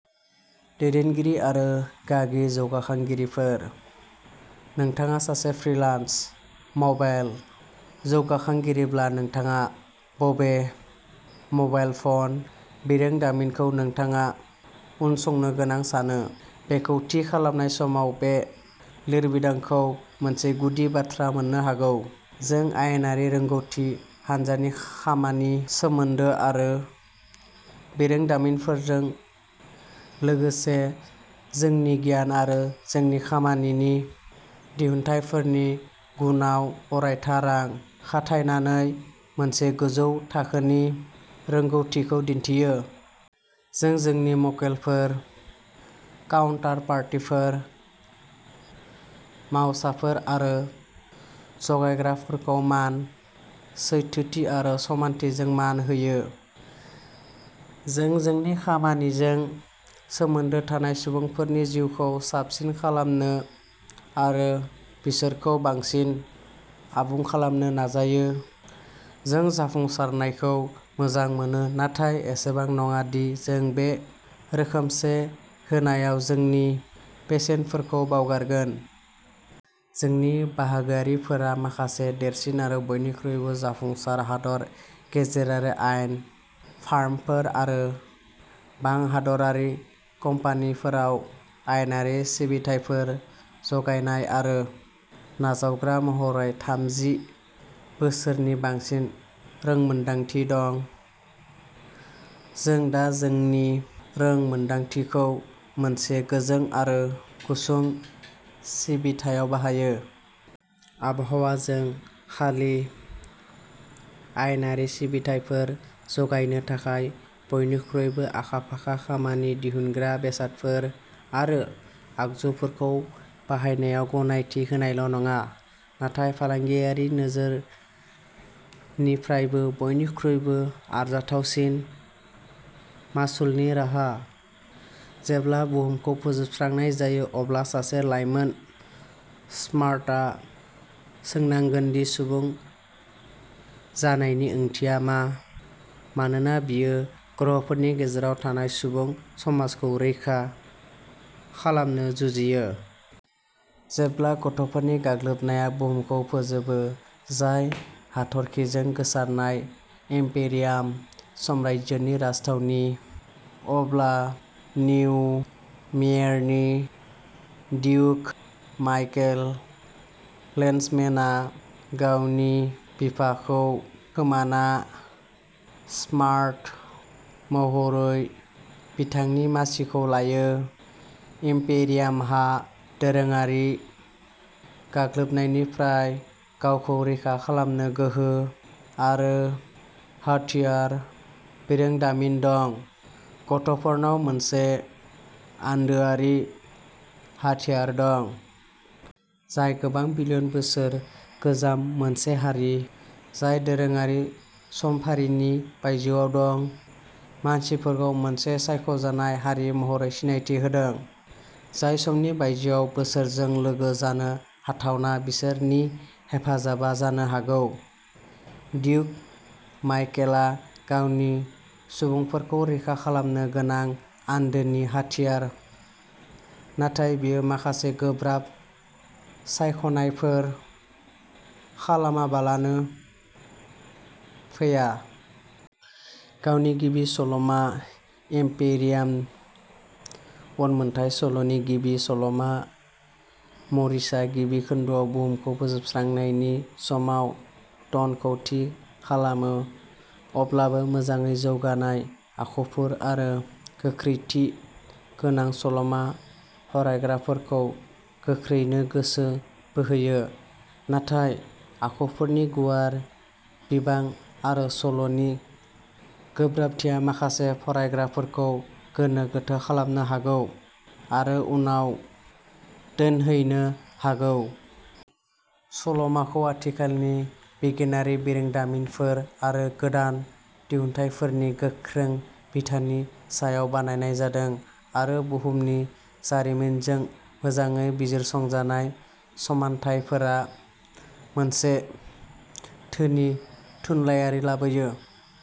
दैदेनगिरि आरो गागि जौगाखांगिरिफोर। नोंथाङा सासे फ्रिलान्स मबाइल जौगाखांगिरिब्ला नोंथाङा बबे मबाइल फ'न बिरोंदामिनखौ नोंथाङा उनसंनो गोनां सानो बेखौ थि खालामनाय समाव बे लिरबिदांखौ मोनसे गुदि बाथ्रा मोननो हागौ। जों आयेनारि रोंग'थि, हानजानि खामानि, सोमोन्दो आरो बिरोंदामिनजों लोगोसे जोंनि गियान आरो जोंनि खामानिनि दिहुनथायफोरनि गुनआव अरायथा रां खाथायनानै मोनसे गोजौ थाखोनि रोंग'थिखौ दिन्थियो। जों जोंनि मक्केलफोर, काउन्टारपार्टिफोर, मावसाफोर आरो जगायग्राफोरखौ मान, सैथोथि आरो समानथिजों मान होयो। जों जोंनि खामानिजों सोमोन्दो थानाय सुबुंफोरनि जिउखौ साबसिन खालामनो आरो बिसोरखौ बांसिन आबुं खालामनो नाजायो। जों जाफुंसारनायखौ मोजां मोनो नाथाय एसेबां नङा दि जों बे रोखोमसे होनायाव जोंनि बेसेनफोरखौ बावगारगोन। जोंनि बाहागोआरिफोरा माखासे देरसिन आरो बयनिख्रुइबो जाफुंसार हादोर गेजेरारि आयेन फार्मफोर आरो बांहादरारि कम्पानिफोराव आयेनारि सिबिथाइफोर जगायनाय आरो नाजावग्रा महरै थामजि बोसोरनि बांसिन रोंमोनदांथि दं। जों दा जोंनि रोंमोनदांथिखौ मोनसे गोजों आरो गुसुं सिबिथायाव बाहायो। आबहावाजों खालि आयेनारि सिबिथायफोर जगायनो थाखाय बयनिख्रुइबो आखा-फाखा खामानि दिहुनग्रा बेसादफोर आरो आगजुफोरखौ बाहायनायाव गनायथि होनायल'नङा, नाथाय फालांगियारि नोजोरनिफ्रायबो बयनिख्रुइबो आरजाथावसिन मासुलनि राहा। जेब्ला बुहुमखौ फोजोबस्रांनाय जायो, अब्ला सासे लाइमोन स्मार्टआ सोंनांगोन दि सुबुं जानायनि ओंथिया मा, मानोना बियो ग्रहफोरनि गेजेराव थानाय सुबुं समाजखौ रैखा खालामनो जुजियो। जेब्ला गथ’फोरनि गाग्लोबनाया बुहुमखौ फोजोबो, जाय हाथरखिजों गोसारनाय इम्पेरियाम साम्रायजोनि राजथावनि, अब्ला निउ मेयेरनि डियुक माइकेल लेन्डसमेनआ गावनि बिफाखौ खोमाना सम्राट महरै बिथांनि मासिखौ लायो। इम्पेरियामहा दोरोङारि गाग्लोबनायनिफ्राय गावखौ रैखा खालामनो गोहो आरो हाथियार बिरोंदामिन दं, गथ’फोरनाव मोनसे आन्दोआरि हाथियार दं। जाय गोबां बिलियन बोसोर गोजाम मोनसे हारि, जाय दोरोङारि समफारिनि बायजोआव दं, मानसिफोरखौ मोनसे सायख' जानाय हारि महरै सिनायथि होदों, जाय समनि बायजोआव बिसोरजों लोगो जानो हाथावना बिसोरनि हेफाजाबा जानो हागौ डिउक माइकेलआ गावनि सुबुंफोरखौ रैखा खालामनो गोनां आन्दोनि हाथियार-नाथाय बेयो माखासे गोब्राब सायख'नायफोर खालामाबालानो फैया। गावनि गिबि सल'मा, इम्पेरियाम उनमोनथाय सल'नि गिबि सल'मा, मरिसआ गिबि खोन्दोआव बुहुमखौ फोजोबस्रांनायनि समाव टनखौ थि खालामो। अब्लाबो मोजाङै जौगानाय आखुफोर आरो गोख्रैथि गोनां सल'आ फरायग्राफोरखौ गोख्रैनो गोसो बोहोयो, नाथाय आखुफोरनि गुवार बिबां आरो सल'नि गोब्राबथिया माखासे फरायग्राफोरखौ गोनो गोथो खालामनो हागौ आरो उनाव दोनहैनो हागौ। सल'माखौ आथिखालनि बिगियानारि बिरोंदामिनफोर आरो गोदान दिहुनथायफोरनि गोख्रों बिथानि सायाव बानायनाय जादों, आरो बुहुमनि जारिमिनजों मोजाङै बिजिरसंजानाय समानथायफोरा मोनसे धोनि थुनलायारि लाबोयो।